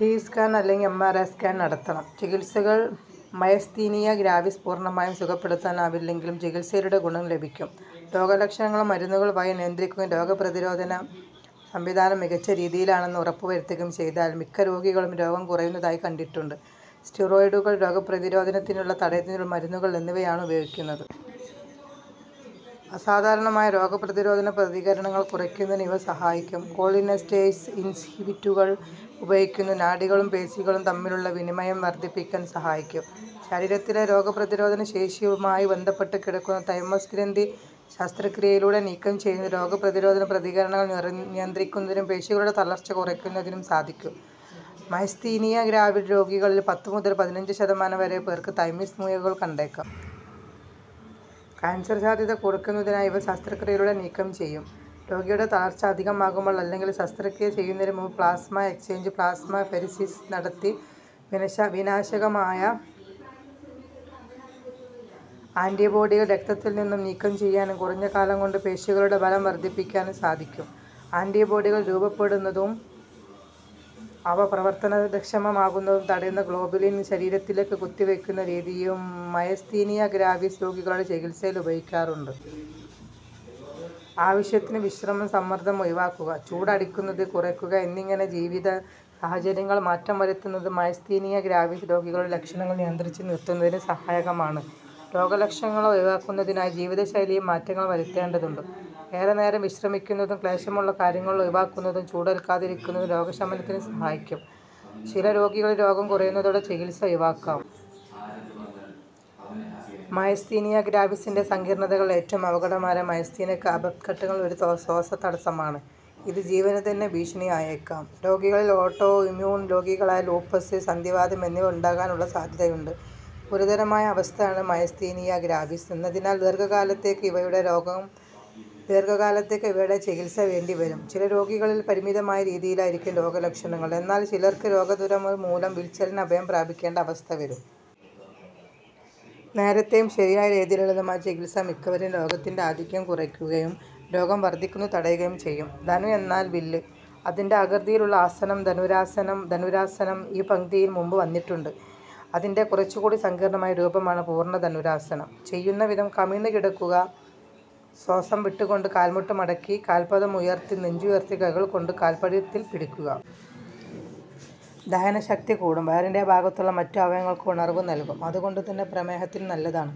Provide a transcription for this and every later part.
T. Scan അല്ലെങ്കിൽ, M. R. I. Scan നടത്തണം. ചികിത്സകൾ മയസ്തീനിയ ഗ്രാവിസ് പൂർണമായും സുഖപ്പെടുത്താനാവില്ലെങ്കിലും ചികിത്സയിലൂടെ ഗുണം ലഭിക്കും. രോഗലക്ഷണങ്ങൾ മരുന്നുകൾ വഴി നിയന്ത്രിക്കുകയും രോഗപ്രതിരോധ സംവിധാനം മികച്ച രീതിയിലാണെന്ന് ഉറപ്പുവരുത്തുകയും ചെയ്താൽ മിക്ക രോഗികളിലും രോഗം കുറയുന്നതായി കണ്ടിട്ടുണ്ട്. സ്റ്റിറോയ്ഡുകൾ, രോഗപ്രതിരോധത്തെ തടയുന്നതിനുള്ള മരുന്നുകൾ എന്നിവയാണ് ഉപയോഗുന്നത്. അസാധാരണമായ രോഗപ്രതിരോധ പ്രതികരണങ്ങൾ കുറയ്ക്കുന്നതിന് ഇവ സഹായിക്കും. കോളിനെസ്റ്റേയ്സ് ഇൻഹിബിറ്ററുകൾ ഉപയോഗിക്കുന്നത് നാഡികളും പേശികളും തമ്മിലുള്ള വിനിമയം വർധിപ്പിക്കാൻ സഹായിക്കും. ശരീരത്തിലെ രോഗപ്രതിരോധ ശേഷിയുമായി ബന്ധപ്പെട്ടു കിടക്കുന്ന 'തൈമസ് ഗ്രന്ഥി'ശസ്ത്രക്രിയയിലൂടെ നീക്കം ചെയ്യുന്നത് രോഗപ്രതിരോധ പ്രതികരണങ്ങൾ നിയന്ത്രിക്കുന്നതിനും പേശികളുടെ തളർച്ച കുറയ്ക്കുന്നതിനും സാധിക്കും. മയസ്തീനിയ ഗ്രാവിസ് രോഗികളിൽ പത്തു മുതൽ പതിനഞ്ചു ശതമാനം വരെ പേർക്ക് തൈമസിൽ മുഴകൾ കണ്ടേക്കാം. കാൻസർ സാധ്യത കുറയ്ക്കുന്നതിനായി ഇവ ശസ്ത്രക്രിയയിലൂടെ നീക്കം ചെയ്യും. രോഗിയുടെ തളർച്ച അധികമാകുമ്പോൾ അല്ലെങ്കിൽ, ശസ്ത്രക്രിയ ചെയ്യുന്നതിനു മുമ്പ് പ്ലാസ്മ എക്സ്ചേഞ്ച് പ്ലാസ്മ ഫെരേസിസ് നടത്തി വിനാശകരമായ ആന്റിബോഡികൾ രക്തത്തിൽനിന്ന് നീക്കം ചെയ്യാനും കുറഞ്ഞ കാലംകൊണ്ട് പേശികളുടെ ബലം വർധിപ്പിക്കാനും സാധിക്കും. ആന്റിബോഡികൾ രൂപപ്പെടുന്നതും അവ പ്രവർത്തനക്ഷമമാകുന്നതും തടയുന്ന ഗ്ലോബുലിൻ ശരീരത്തിലേക്ക് കുത്തിവയ്ക്കുന്ന രീതിയും മയസ്തീനിയ ഗ്രാവിസ് രോഗികളുടെ ചികിത്സയിൽ ഉപയോഗിക്കാറുണ്ട്. ആവശ്യത്തിന് വിശ്രമം, സമ്മർദം ഒഴിവാക്കുക, ചൂട് അടിക്കുന്നത് കുറയ്ക്കുക എന്നിങ്ങനെ ജീവിത സാഹചര്യങ്ങളിൽ മാറ്റം വരുത്തുന്നത് മയസ്തീനിയ ഗ്രാവിസ് രോഗികളുടെ ലക്ഷണങ്ങൾ നിയന്ത്രിച്ചു നിർത്തുന്നതിന് സഹായകമാണ്. രോഗലക്ഷണങ്ങൾ ഒഴിവാക്കുന്നതിനായി ജീവിതശൈലിയിൽ മാറ്റങ്ങൾ വരുത്തേണ്ടതുണ്ട്. ഏറെനേരം വിശ്രമിക്കുന്നതും ക്ലേശമുള്ള കാര്യങ്ങൾ ഒഴിവാക്കുന്നതും ചൂടേൽക്കാതിരിക്കുന്നതും രോഗശമനത്തിന് സഹായിക്കും. ചില രോഗികളിൽ രോഗം കുറയുന്നതോടെ ചികിത്സ ഒഴിവാക്കാം. മയസ്തീനിയ ഗ്രാവിസിന്റെ സങ്കീർണതകൾ ഏറ്റവും അപകടകരമായ മയസ്തീനിക് ആപത്ഘട്ടങ്ങളിൽ ഒന്ന് ശ്വാസതടസ്സമാണ്. ഇത് ജീവനുതന്നെ ഭീഷണിയായേക്കാം. രോഗികളിൽ ഓട്ടോ ഇമ്യൂൺ രോഗങ്ങളായ ലൂപ്പസ്, സന്ധിവാതം എന്നിവ ഉണ്ടാകാനുള്ള സാധ്യതയുണ്ട്. ഗുരുതരമായ അവസ്ഥയാണ് മയസ്തീനിയ ഗ്രാവിസ് എന്നതിനാൽ ദീർഘകാലത്തേക്ക് ഇവയുടെ ചികിത്സ വേണ്ടിവരും. ചില രോഗികളിൽ പരിമിതമായ രീതിയിലായിരിക്കും രോഗലക്ഷണങ്ങൾ, എന്നാൽ, ചിലർക്ക് രോഗാതുരത മൂലം വീൽച്ചെയറിനെ അഭയം പ്രാപിക്കേണ്ട അവസ്ഥ വരും. നേരത്തെയും ശരിയായ രീതിയിലുള്ളതുമായ ചികിത്സ മിക്കവരിലും രോഗത്തിന്റെ ആധിക്യം കുറയ്ക്കുകയും രോഗം വർധിക്കുന്നത് തടയുകയും ചെയ്യും. ധനു എന്നാൽ വില്ല്. അതിന്റെ ആകൃതിയിലുള്ള ആസനം ധനുരാസനം. ധനുരാസനം ഈ പംക്തിയിൽ മുമ്പ് വന്നിട്ടുണ്ട്. അതിന്റെ കുറച്ചുകൂടി സങ്കീർണമായ രൂപമാണ് പൂർണ ധനുരാസനം. ചെയ്യുന്നവിധം:കമിഴ്ന്ന് കിടക്കുക, ശ്വാസം വിട്ടുകൊണ്ട് കാൽമുട്ടു മടക്കി, കാൽപ്പാദം ഉയർത്തി, നെഞ്ചുയർത്തി കൈകൾകൊണ്ട് കാൽപ്പടത്തിൽ പിടിക്കുക. ദഹനശക്തി കൂടും. വയറിന്റെ ഭാഗത്തുള്ള മറ്റ് അവയവങ്ങൾക്കും ഉണർവു നൽകും. അതുകൊണ്ടുതന്നെ, പ്രമേഹത്തിന് നല്ലതാണ്.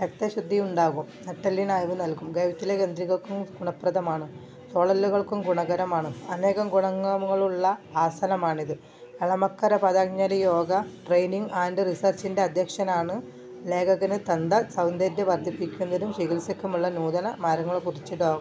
രക്തശുദ്ധിയുണ്ടാകും. നട്ടെല്ലിന് അയവു നൽകും. കഴുത്തിലെ ഗ്രന്ഥികൾക്കും ഗുണപ്രദമാണ്. തോളെല്ലുകൾക്കും ഗുണകരമാണ്. അനേകം ഗുണങ്ങളുള്ള ആസനമാണിത്. Elamakkara Patanjali yoga training and research centre അധ്യക്ഷനാണ് ലേഖകന്. ദന്ത സൗന്ദര്യംവര്ധിപ്പിക്കുന്നതിനും ചികിത്സയ്ക്കുമുള്ള നൂതന മാര്ഗങ്ങളെക്കുറിച്ച് ഡോ.